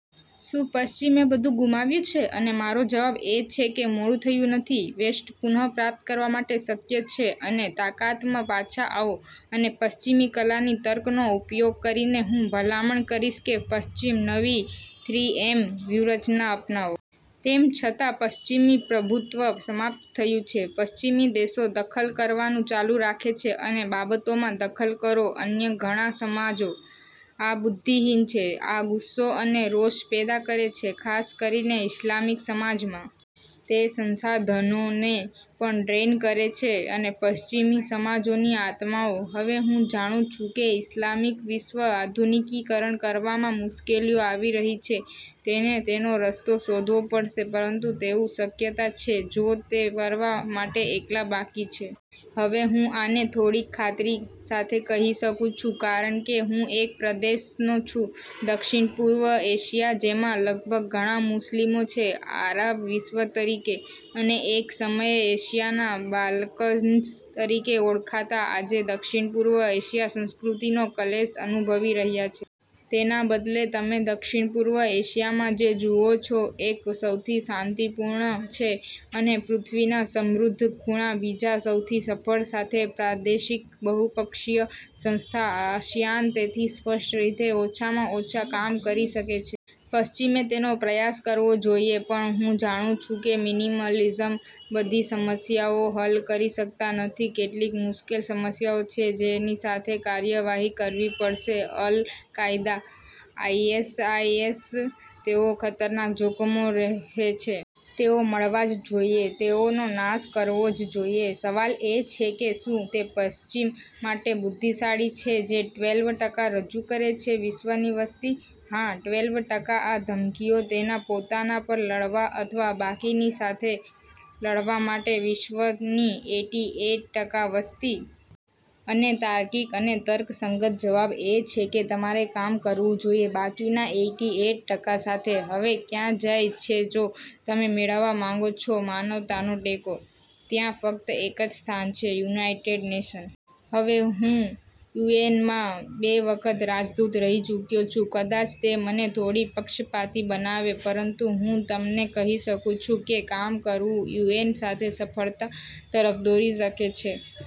શું પશ્ચિમે બધુ ગુમાવ્યું છે? અને મારો જવાબ એ છે કે મોડું થયું નથી. વેસ્ટ પુનઃ પ્રાપ્ત કરવા માટે શક્ય છે અને તાકાતમાં પાછા આવો. અને પશ્ચિમી કલાની તર્કનો ઉપયોગ કરીને હું ભલામણ કરીશ કે પશ્ચિમ નવી "થ્રી-એમ" વ્યૂહરચના અપનાવો. તેમ છતાં પશ્ચિમી પ્રભુત્વ સમાપ્ત થયું છે. પશ્ચિમી દેશો દખલ કરવાનું ચાલુ રાખે છે અને બાબતોમાં દખલ કરો અન્ય ઘણા સમાજો. આ બુદ્ધિહીન છે. આ ગુસ્સો અને રોષ પેદા કરે છે ખાસ કરીને ઇસ્લામિક સમાજમાં. તે સંસાધનોને પણ ડ્રેઇન કરે છે અને પશ્ચિમી સમાજોની આત્માઓ. હવે હું જાણું છું કે ઇસ્લામિક વિશ્વ આધુનિકીકરણ કરવામાં મુશ્કેલીઓ આવી રહી છે. તેને તેનો રસ્તો શોધવો પડશે પરંતુ તેવું શક્યતા છે જો તે કરવા માટે એકલા બાકી છે. હવે હું આને થોડીક ખાતરી સાથે કહી શકું છું કારણ કે હું એક પ્રદેશનો છું દક્ષિણપૂર્વ એશિયા જેમાં લગભગ ઘણા મુસ્લિમો છે આરબ વિશ્વ તરીકે. અને એક સમયે એશિયાના "બાલ્કન્સ" તરીકે ઓળખાતા આજે દક્ષિણપૂર્વ એશિયા સંસ્કૃતિનો ક્લેશ અનુભવી રહ્યા છો. તેના બદલે તમે દક્ષિણપૂર્વ એશિયામાં જે જુઓ છો એક સૌથી શાંતિપૂર્ણ છે અને પૃથ્વીના સમૃદ્ધ ખૂણા બીજા સૌથી સફળ સાથે પ્રાદેશિક બહુપક્ષીય સંસ્થા, આસિયાન તેથી સ્પષ્ટ રીતે, ઓછામાં ઓછા કામ કરી શકે છે. પશ્ચિમે તેનો પ્રયાસ કરવો જોઈએ. પણ હું જાણું છું કે મિનિમલિઝમ બધી સમસ્યાઓ હલ કરી શકતા નથી. કેટલીક મુશ્કેલ સમસ્યાઓ છે જેની સાથે કાર્યવાહી કરવી પડશે, અલ કાયદા, આઈએસઆઈએસ તેઓ ખતરનાક જોખમો રહે છે. તેઓ મળવા જ જોઈએ. તેઓનો નાશ કરવો જ જોઇએ. સવાલ એ છે કે, "શું તે પશ્ચિમ માટે બુદ્ધિશાળી છે જે ટ્વેલ્વ ટકા રજૂ કરે છે વિશ્વની વસ્તી?" હા, ટ્વેલ્વ ટકા આ ધમકીઓ તેના પોતાના પર લડવા અથવા બાકીની સાથે લડવા માટે વિશ્વની એઈટી એઈટ ટકા વસ્તી? અને તાર્કિક અને તર્કસંગત જવાબ છે કે તમારે કામ કરવું જોઈએ બાકીના એઈટી એઈટ ટકા સાથે. હવે ક્યાં જાય છે જો તમે મેળવવા માંગો છો માનવતાનો ટેકો? ત્યાં ફક્ત એક જ સ્થાન છે, "યુનાઇટેડ નેશન્સ". હવે, હું યુએનમાં બે વખત રાજદૂત રહી ચૂક્યો છું. કદાચ તે મને થોડો પક્ષપાતી બનાવે પરંતુ હું તમને કહી શકું છું કે કામ કરવું યુએન સાથે સફળતા તરફ દોરી શકે છે.